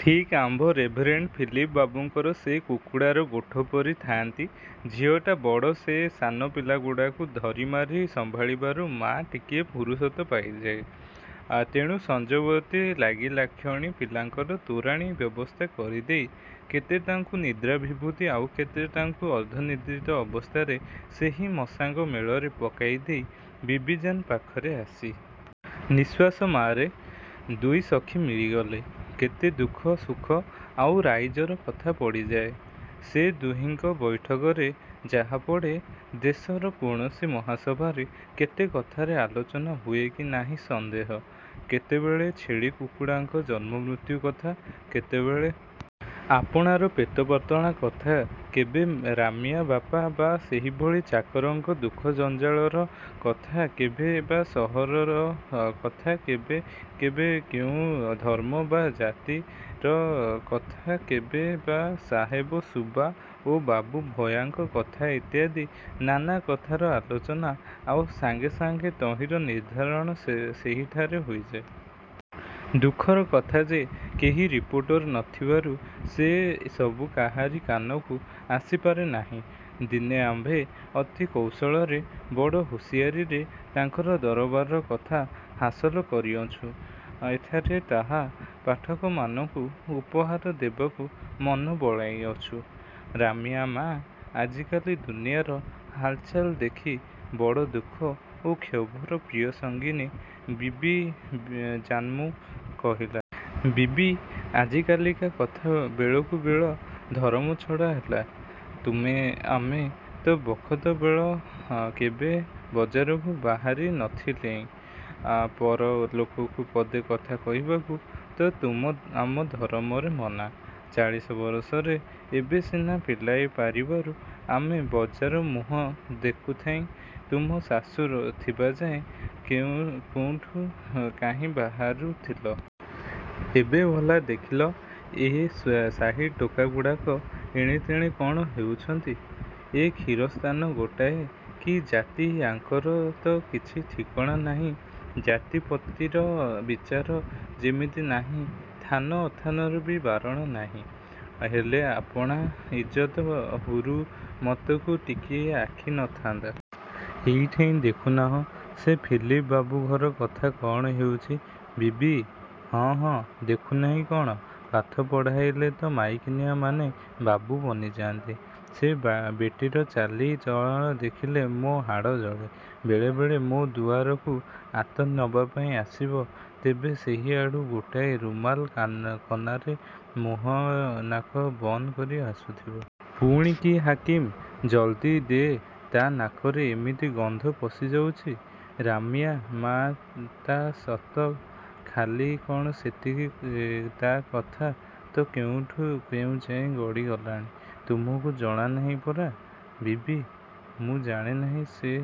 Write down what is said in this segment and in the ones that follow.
ଠିକ୍ ଆମ୍ଭ reverend Philip ବାବୁଙ୍କର ସେ କୁକୁଡ଼ାର ଗୋଠ ପରି ଥାନ୍ତି। ଝିଅଟା ବଡ଼ ସେ ସାନ ପିଲାଗୁଡ଼ାକୁ ଧରିମାରି ସମ୍ଭାଳିବାରୁ ମା' ଟିକିଏ ଫୁରୁସତ ପାଇଯାଏ। ତେଣୁ ସଞ୍ଜବତି ଲାଗିଲାକ୍ଷଣି ପିଲାଙ୍କର ତୋରାଣୀ ବ୍ୟବସ୍ଥା କରିଦେଇ କେତେଟାଙ୍କୁ ନିଦ୍ରାଭିଭୂତ ଆଉ କେତେଟାଙ୍କୁ ଅର୍ଦ୍ଧନିଦ୍ରିତ ଅବସ୍ଥାରେ ସେହି ମଶାଙ୍କ ମେଳରେ ପକାଇଦେଇ ବିବିଜାନ୍ ପାଖରେ ଆସି। ନିଶ୍ୱାସ ମାରେ। ଦୁଇ ସଖୀ ମିଳିଗଲେ କେତେ ଦୁଃଖ ସୁଖ, ଆଉ ରାଇଜର କଥା ପଡ଼ିଯାଏ-। ସେ ଦୁହିଙ୍କ ବୈଠକରେ ଯାହା ପଡ଼େ, ଦେଶର କୌଣସି ମହାସଭାରେ ତେତେ କଥାର ଆଲୋଚନା ହୁଏ କି ନାହିଁ ସନ୍ଦେହ! କେତେବେଳେ ଛେଳି କୁକୁଡ଼ାଙ୍କ ଜନ୍ମମୃତ୍ୟୁ କଥା କେତେବେଳେ ଆପଣାର ପେଟପାଟଣା କଥା କେବେ ରାମିଆ ବାପା ବା ସେହିଭଳି ଚାକରଙ୍କ ଦୁଃଖ ଜଞ୍ଜାଳର କଥା କେବେ ବା ସହରର କଥା କେବେ କେବେ କେଉଁ ଧର୍ମ ବା ଜାତିର କଥା କେବେ ବା ସାହେବ ସୁବା ଓ ବାବୁ ଭୟାଙ୍କ କଥା ଇତ୍ୟାଦି ନାନା କଥାର ଆଲୋଚନା ଆଉ ସାଙ୍ଗେ ସାଙ୍ଗେ ତହିଁର ନିର୍ଦ୍ଧାରଣ ସେହିଠାରେ ହୋଇଯାଏ। ଦୁଃଖର କଥା ଯେ, କେହି ରିପୋର୍ଟର ନ ଥିବାରୁ ସେ ସବୁ କାହାରି କାନକୁ ଆସିପାରେ ନାହିଁ। ଦିନେ ଆମ୍ଭେ ଅତି କୌଶଳରେ ବଡ଼ ହୁସିଆରୀରେ ତାଙ୍କର ଦରବାରର କଥା ହାସଲ୍ କରିଅଛୁଁ। ଏଠାରେ ତାହା ପାଠକମାନଙ୍କୁ ଉପହାର ଦେବାକୁ ମନ ବଳାଇଅଛୁଁ। ରାମିଆ ମା' ଆଜିକାଲି ଦୁନିଆର ହାଲଚାଲ ଦେଖି ବଡ଼ ଦୁଃଖ ଓ କ୍ଷୋଭର ପ୍ରିୟସଙ୍ଗିନୀ ବିବିଜାନ୍କୁ କହିଲା. ''ବିବି, ଆଜିକାଲିକା କଥା ବେଳକୁବେଳ ଧରମଛଡ଼ା ହେଲା। ତୁମେ ଆମେ ତ ବଖତବେଳେ କେବେ ବଜାରକୁ ବାହାରି ନ ଥିଲେଇଁ। ପର ଲୋକକୁ ପଦେ କଥା କହିବାକୁ ତ ତୁମ ଆମ ଧରମରେ ମନା। ଚାଳିଶ ବରଷରେ ଏବେ ସିନା ପିଲାଏ ପାରିବାରୁ ଆମେ ବଜାରମୁହଁ ଦେଖୁଥାଇଁ ତୁମ ଶାଶୁ ଥିବାଯାଏ କୋଉଁଠି କାହିଁ ବାହାରୁଥିଲ? ଏବେ ଭଲା ଦେଖିଲ, ଏ ସାହି ଟୋକିଗୁଡ଼ାକ ଏଣେତେଣେ କଣ ହଉଛନ୍ତି! ଏ ଖୀରସ୍ତାନ ଗୋଟାଏ କି ଜାତି ୟାଙ୍କର ତ କିଛି ଠିକଣା ନାହିଁ ଜାତିପତିର ବିଚାର ଯେମିତି ନାହିଁ ଥାନ ଅଥାନର ବି ବାରଣ ନାହିଁ। ହେଲେ ଆପଣା ଇଜତ ହୁରୁମତକୁ ଟିକିଏ ଆଖି ନଥାନ୍ତା! ଏଇଠେଇଁ ଦେଖୁନାହଁ, ସେ ଫିଲିପ ବାବୁ ଘର କଥା କଣ ହେଉଛି! ବିବି- ହଁ ହଁ, ଦେଖୁନାହିଁ କଣ? ପାଠ ପଢ଼ାଇଲେ ତ ମାଇକିନିଆମାନେ ବାବୁ ବନିଯାନ୍ତି। ସେ ବେଟୀର ଚାଲି ଚଳଣ ଦେଖିଲେ ମୋ ହାଡ଼ ଜଳେ। ବେଳେବେଳେ ମୋ ଦୁଆରକୁ ଆତ ନବା ପାଇଁ ଆସିବ, ତେବେ ସେହିଆଡୁ ଗୋଟାଏ ରୁମାଲ କନାରେ ମୁହଁ ନାକ ବନ୍ଦ କରି ଆସୁଥିବ। ପୁଣି କି ହାକିମି! ଜଲଦି ଦେ ତା ନାକରେ ଏମିତି ଗନ୍ଧ ପଶିଯାଉଛି! ରାମିଆ ମା' ତା ସତ, ଖାଲି କଣ ସେତିକି ତା କଥା ତ କେଉଁଠୁ କେଉଁଯାଏ ଗଡ଼ି ଗଲାଣି। ତୁମକୁ ଜଣା ନାହିଁ ପରା? ବିବି- ମୁଁ ଜାଣେ ନାହିଁ ସେ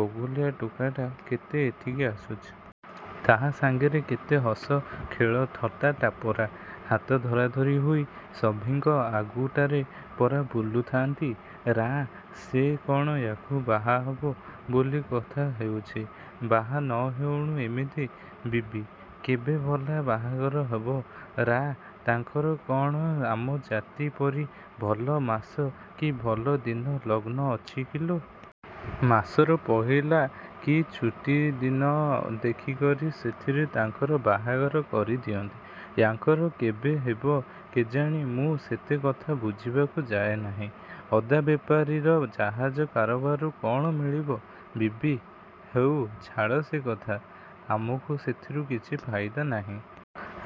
ବଗୁଲିଆ ଟୋକାଟା କେତେ ଏଠିକି ଆସୁଛି। ତାହା ସାଙ୍ଗରେ କେତେ ହସ ଖେଳ ଥଟା ଟାପରା। ହାତ ଧରାଧରି ହୋଇ ସଭିଁଙ୍କ ଆଗୁଟାରେ ପରା ବୁଲୁଥାନ୍ତି। ରା- ସେ କଣ ୟାକୁ ବାହା ହବ ବୋଲି କଥା ହଉଛି। ବାହା ନ ହଉଣୁ ଏମିତି! ବିବି- କେବେ ଭଲା ବାହାଘର ହେବ? ରା- ତାଙ୍କର କଣ ଆମ ଜାତି ପରି ଭଲ ମାସ କି ଭଲ ଦିନ ଲଗ୍ନ ଅଛି କି ଲୋ? ମାସର ପହିଲା କି ଛୁଟି ଦିନ ଦେଖିକରି ସେଥିରେ ତାଙ୍କର ବାହାଘର କରିଦିଅନ୍ତି। ୟାଙ୍କର କେବେ ହେବ କେଜାଣି ମୁଁ ସେତେ କଥା ବୁଝିବାକୁ ଯାଏ ନାହିଁ। ଅଦାବେପାରୀର ଜାହାଜ କାରବାରରୁ କଣ ମିଳିବ? ବିବି- ହେଉ, ଛାଡ଼ ସେ କଥା, ଆମକୁ ସେଥିରୁ କିଛି ଫାଇଦା ନାହିଁ।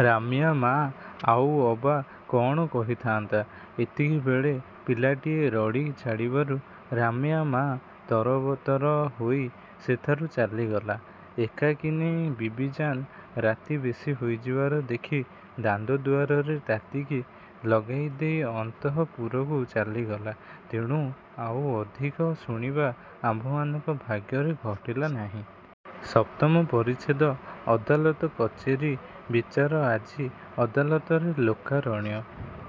ରାମିଆ ମା' ଆଉ ଅବା କଣ କହିଥାନ୍ତା, ଏତିକିବେଳେ ପିଲାଟାଏ ରଡ଼ି ଛାଡ଼ିବାରୁ ରାମିଆ ମା' ତରତର ହୋଇ ସେଠାରୁ ଚାଲିଗଲା। ଏକାକିନୀ ବିବିଜାନ୍ ରାତି ବେଶି ହୋଇଯିବାର ଦେଖି ଦାଣ୍ଡ ଦୁଆରରେ ତାଟିକି ଲଗାଇଦେଇ ଅନ୍ତଃପୁରକୁ ଚାଲି ଗଲା। ତେଣୁ ଆଉ ଅଧିକ ଶୁଣିବା ଆମ୍ଭମାନଙ୍କ ଭାଗ୍ୟରେ ଘଟିଲା ନାହିଁ। ସପ୍ତମ ପରିଚ୍ଛେଦ ଅଦାଲତ କଚେରି-ବିଚାର ଆଜି ଅଦାଲତରେ ଲୋକାରଣ୍ୟ।